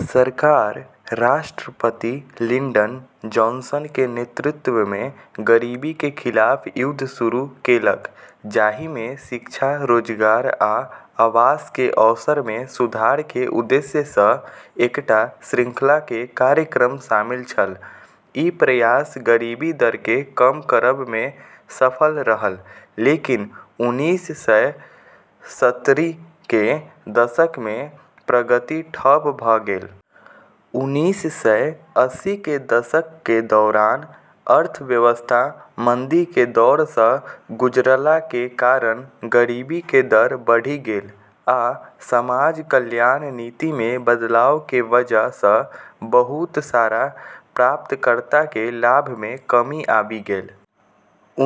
सरकार राष्ट्रपति Lyndon Johnson के नेतृत्व मे गरीबी के खिलाफ युद्ध शुरू केलक, जाहि मे शिक्षा, रोजगार, आ आवास के अवसर मे सुधार के उद्देश्य सँ एकटा श्रृंखला के कार्यक्रम शामिल छल। ई प्रयास गरीबी दर के कम करब मे सफल रहल, लेकिन उन्नीस सय सत्तरी के दशक मे प्रगति ठप भ गेल। उन्नीस सय अस्सी के दशक के दौरान अर्थव्यवस्था मंदी के दौर सँ गुजरला के कारण गरीबी के दर बढ़ि गेल आ समाज कल्याण नीति मे बदलाव के वजह सँ बहुत सारा प्राप्तकर्ता के लाभ मे कमी आबि गेल।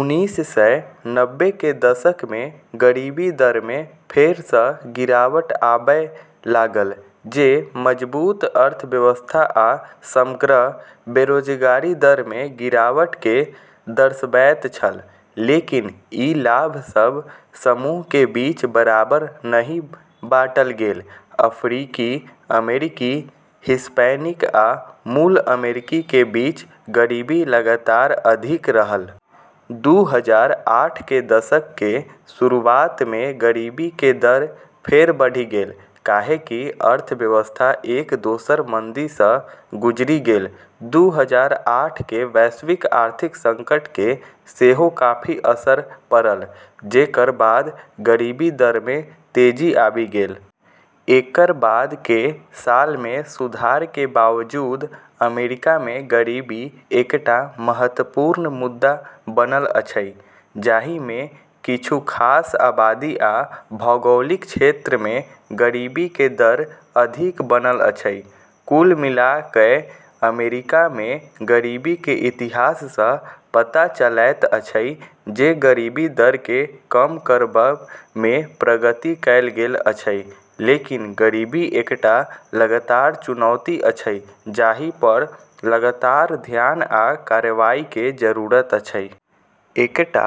उन्नीस सय नब्बे के दशक मे गरीबी दर मे फेर सँ गिरावट आबय लागल, जे मजबूत अर्थव्यवस्था आ समग्र बेरोजगारी दर मे गिरावट के दर्शबैत छल। लेकिन ई लाभ सब समूह के बीच बराबर नहि बाँटल गेल, अफ्रीकी अमेरिकी, हिस्पैनिक आ मूल अमेरिकी के बीच गरीबी लगातार अधिक रहल। दू हजार आठ के दशक के शुरुआत मे गरीबी के दर फेर बढ़ि गेल, काहे कि अर्थव्यवस्था एक दोसर मंदी सँ गुजरि गेल। दू हजार आठ के वैश्विक आर्थिक संकट के सेहो काफी असर पड़ल, जेकर बाद गरीबी दर मे तेजी आबि गेल। एकर बाद के साल मे सुधार के बावजूद, अमेरिका मे गरीबी एकटा महत्वपूर्ण मुद्दा बनल अछि, जाहि मे किछु खास आबादी आ भौगोलिक क्षेत्र मे गरीबी के दर अधिक बनल अछि। कुल मिला कए अमेरिका मे गरीबी के इतिहास सँ पता चलैत अछि जे गरीबी दर के कम करब मे प्रगति कएल गेल अछि, लेकिन गरीबी एकटा लगातार चुनौती अछि जाहि पर लगातार ध्यान आ कार्रवाई के जरूरत अछि। एकटा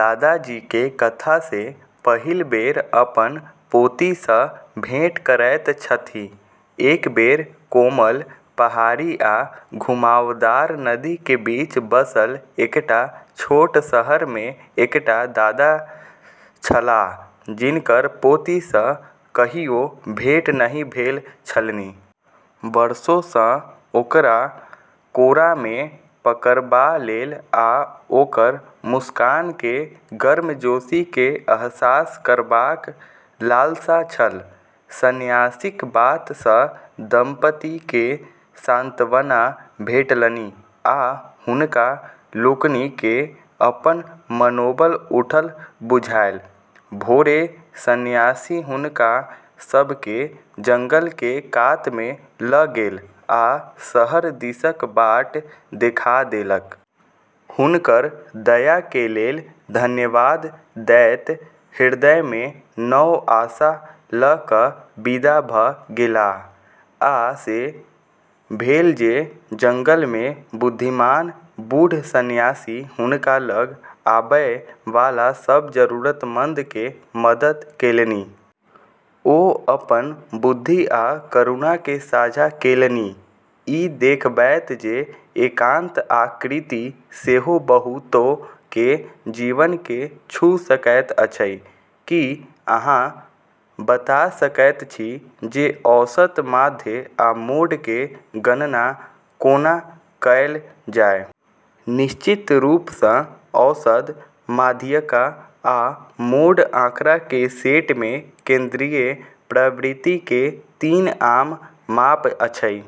दादाजी के कथा जे पहिल बेर अपन पोती सँ भेंट करैत छथि। एक बेर कोमल पहाड़ी आ घुमावदार नदी के बीच बसल एकटा छोट शहर मे एकटा दादा छलाह जिनकर पोती सँ कहियो भेंट नहि भेल छलनि। वर्षो सँ ओकरा कोरा मे पकड़बा लेल आ ओकर मुस्कान के गर्मजोशी के अहसास करबाक लालसा छल। संन्यासीक बात सँ दंपति के सान्त्वना भेटलनि आ हुनका लोकनि के अपन मनोबल उठल बुझायल। भोरे संन्यासी हुनका सभ के जंगल के कात मे ल' गेल आ शहर दिसक बाट देखा देलक। हुनकर दया के लेल धन्यवाद दैत हृदय मे नव आशा ल' क' विदा भ गेलाह। आ से भेल जे जंगल मे बुद्धिमान बूढ़ संन्यासी हुनका लग आबय वाला सब जरूरतमंद के मदद केलनि। ओ अपन बुद्धि आ करुणा के साझा केलनि, ई देखबैत जे एकांत आकृति सेहो बहुतो के जीवन के छू सकैत अछि। की अहाँ बता सकैत छी जे औसत माध्य आ मोड के गणना कोना कएल जाय। निश्चित रूप सँ। औसत, माध्यिका, आ मोड आँकड़ा के सेट मे केंद्रीय प्रवृत्ति के तीन आम माप अछि।